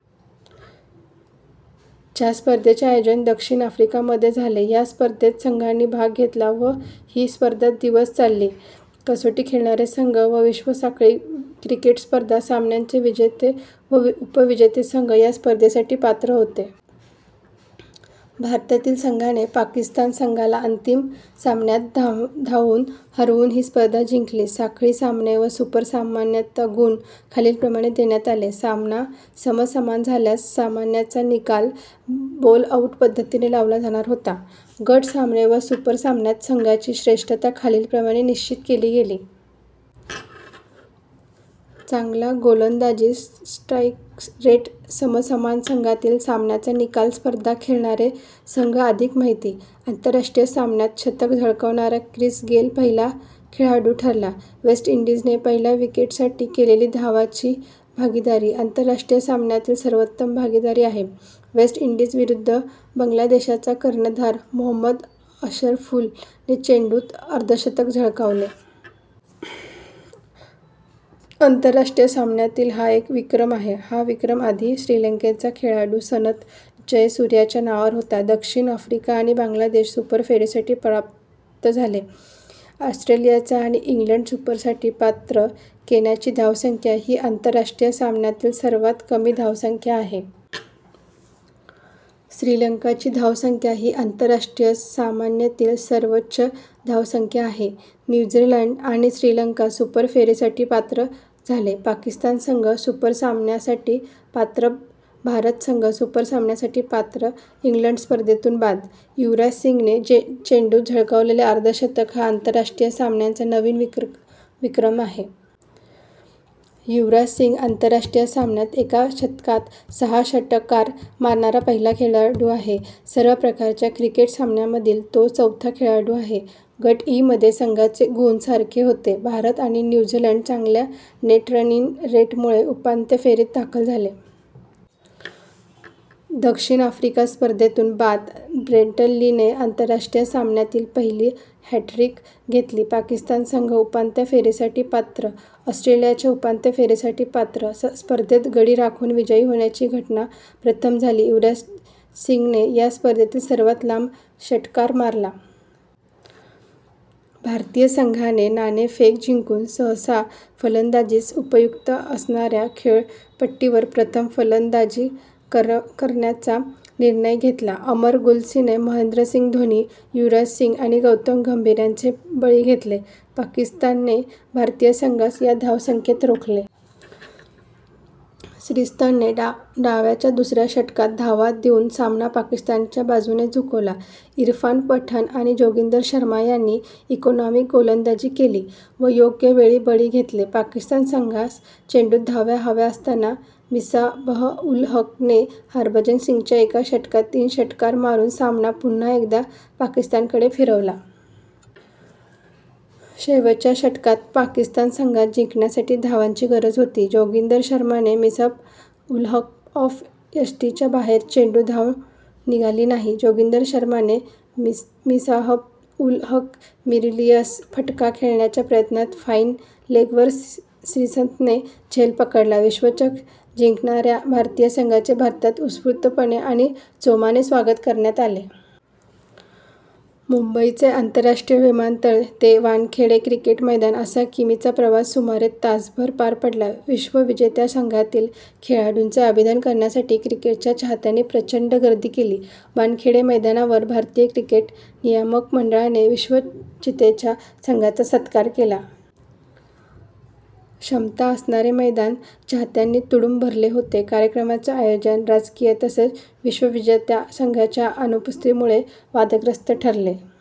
च्या स्पर्धेचे आयोजन दक्षिण आफ्रिका मध्ये झाले. ह्या स्पर्धेत संघांनी भाग घेतला व ही स्पर्धा दिवस चालली. कसोटी खेळणारे संघ व विश्व साखळी क्रिकेट स्पर्धा सामन्यांचे विजेता व उप-विजेता संघ या स्पर्धेसाठी पात्र होते. भारतीय संघाने पाकिस्तान संघाला अंतिम सामन्यात धावांनी हरवून ही स्पर्धा जिंकली. साखळी सामने व सुपर सामन्यात गुण खालीलप्रमाणे देण्यात आले. सामना समसमान झाल्यास, सामन्याचा निकाल बोल-आउट पद्धतीने लावला जाणार होता. गट सामने व सुपर सामन्यात संघाची श्रेष्ठता खालीलप्रमाणे निश्चित केली गेली. चांगला गोलंदाजी स्ट्राइक रेट समसमान संघातील सामन्याचा निकाल स्पर्धा खेळणारे संघ अधिक माहिती - आंतरराष्ट्रीय सामन्यात शतक झळकवणारा क्रिस गेल पहिला खेळाडू ठरला. वेस्ट इंडीझने पहिल्या विकेट साठी केलीली धावांची भागीदारी - आंतरराष्ट्रीय सामन्यातील सर्वोत्तम भागीदारी आहे वेस्टइंडिंज विरुद्ध बांगलादेशचा कर्णधार मोहम्मद अशरफुल ने चेंडूत अर्धशतक झळकावले. - आंतरराष्ट्रीय सामन्यातील हा एक विक्रम आहे. हा विक्रम आधी श्रीलंकेचा खेळाडू सनथ जयसूर्यच्या नावावर होता. दक्षिण आफ्रिका आणि बांगलादेश सुपर फेरीसाठी पात्र झाले. ऑस्ट्रेलिया आणि इंग्लंड सुपर साठी पात्र. केन्याची धावसंख्या / हि - आंतरराष्ट्रीय सामन्यातील सर्वात कमी धावसंख्या आहे. श्रीलंकाची धावसंख्या / ही आंतरराष्ट्रीय - सामन्यातील सर्वोच्च धावसंख्या आहे. न्यू झीलँड आणि श्रीलंका सुपर फेरीसाठी पात्र झाले. पाकिस्तान संघ सुपर सामन्यांन साठी पात्र भारत संघ सुपर सामन्यांसाठी पात्र इंग्लंड स्पर्धेतून बाद. युवराजसिंगने चेंडूत झळकावलेले अर्धशतक हा आंतरराष्ट्रीय - सामन्यांचा नवीन विक्रम आहे. युवराजसिंग आंतरराष्ट्रीय - सामन्यात एका षटकात सहा षटकार मारणारा पहिला खेळाडू आहे. सर्व प्रकारच्या क्रिकेट सामन्यांमधील तो चौथा खेळाडू आहे. गट इ मध्ये संघाचे गुण सारखे होते. भारत आणि न्यू झीलँड चांगल्या नेट रन रेट मुळे उपांत्य फेरीत दाखल झाले. दक्षिण आफ्रिका स्पर्धेतून बाद. ब्रेट ली ने - आंतरराष्ट्रीय सामन्यातील पहिली हॅट्रिक घेतली. पाकिस्तान संघ उपात्यं फेरीसाठी पात्र. ऑस्ट्रेलिया उपात्यं फेरी साठी पात्र - स्पर्धेत गडी राखून विजयी होण्याची घटना प्रथम झाली. युवराजसिंगने या स्पर्धेतील सर्वात लांब षटकार मारला. भारतीय संघाने नाणेफेक जिंकुन सहसा फलंदाजीस उपयुक्त असणारया खेळपट्टीवर प्रथम फलंदाजी करण्यावा निर्णय घेतला. उमर गुल ने महेंद्रसिंग धोनी, युवराजसिंग आणि गौतम गंभीर यांचे बळी घेतले. पाकिस्तानने भारतीय संघास / या धावसंख्येत रोखले. श्रीसंतने डावाच्या दुसऱ्याच षटकात धावा देऊन सामना पाकिस्तानच्या बाजुने झुकवला. इरफान पठाण आणि जोगिंदर शर्मा यांनी इकोनॉमिक गोलंदाजी केली व योग्य वेळी बळी घेतले. पाकिस्तान संघास चेंडूत धावा हव्या असतांना मिस्बाह-उल-हक ने हरभजनसिंगच्या एकाच षटकात तीन षटकार मारून सामना पुन्हा एकदा पाकिस्तान कडे फिरवला. शेवटच्या षटकात पाकिस्तान संघास जिंकण्यासाठी धावांची गरज होती. जोगिंदर शर्मा ने मिस्बाह-उल-हक ऑफ यष्टीच्या बाहेर चेंडू, धाव निघाली नाही. जोगिंदर शर्मा ने मिस्बाह-उल-हक मारिलीयस फटका खेळण्याच्या प्रयत्नात फाईन लेग वर श्रीसंत ने झेल पकडला - विश्वचषक जिंकणारया भारतीय संघाचे भारतात उत्सपुर्तपणे आणि जोमाने स्वागत करण्यात आले. मुंबईचे आंतरराष्ट्रीय विमानतळ ते वानखेडे क्रिकेट मैदान, असा किमीचा प्रवास सुमारे तासात पार पडला. विश्वविजेत्या संघातील खेळाडूंचे अभिनंदन करण्यासाठी क्रिकेटच्या चाहत्यांनी प्रचंड गर्दी केली. वानखेडे मैदानावर भारतीय क्रिकेट नियामक मंडळाने विश्वविजेत्या संघाचा संत्कार केला. क्षमता असणारे मैदान चाहत्यांनी तुडूंब भरले होते. कार्यक्रमाचे आयोजन, राजकीय तसेच विश्वविजेत्या संघाच्या अनुपस्थितीमुळे वादग्रस्थ ठरले.।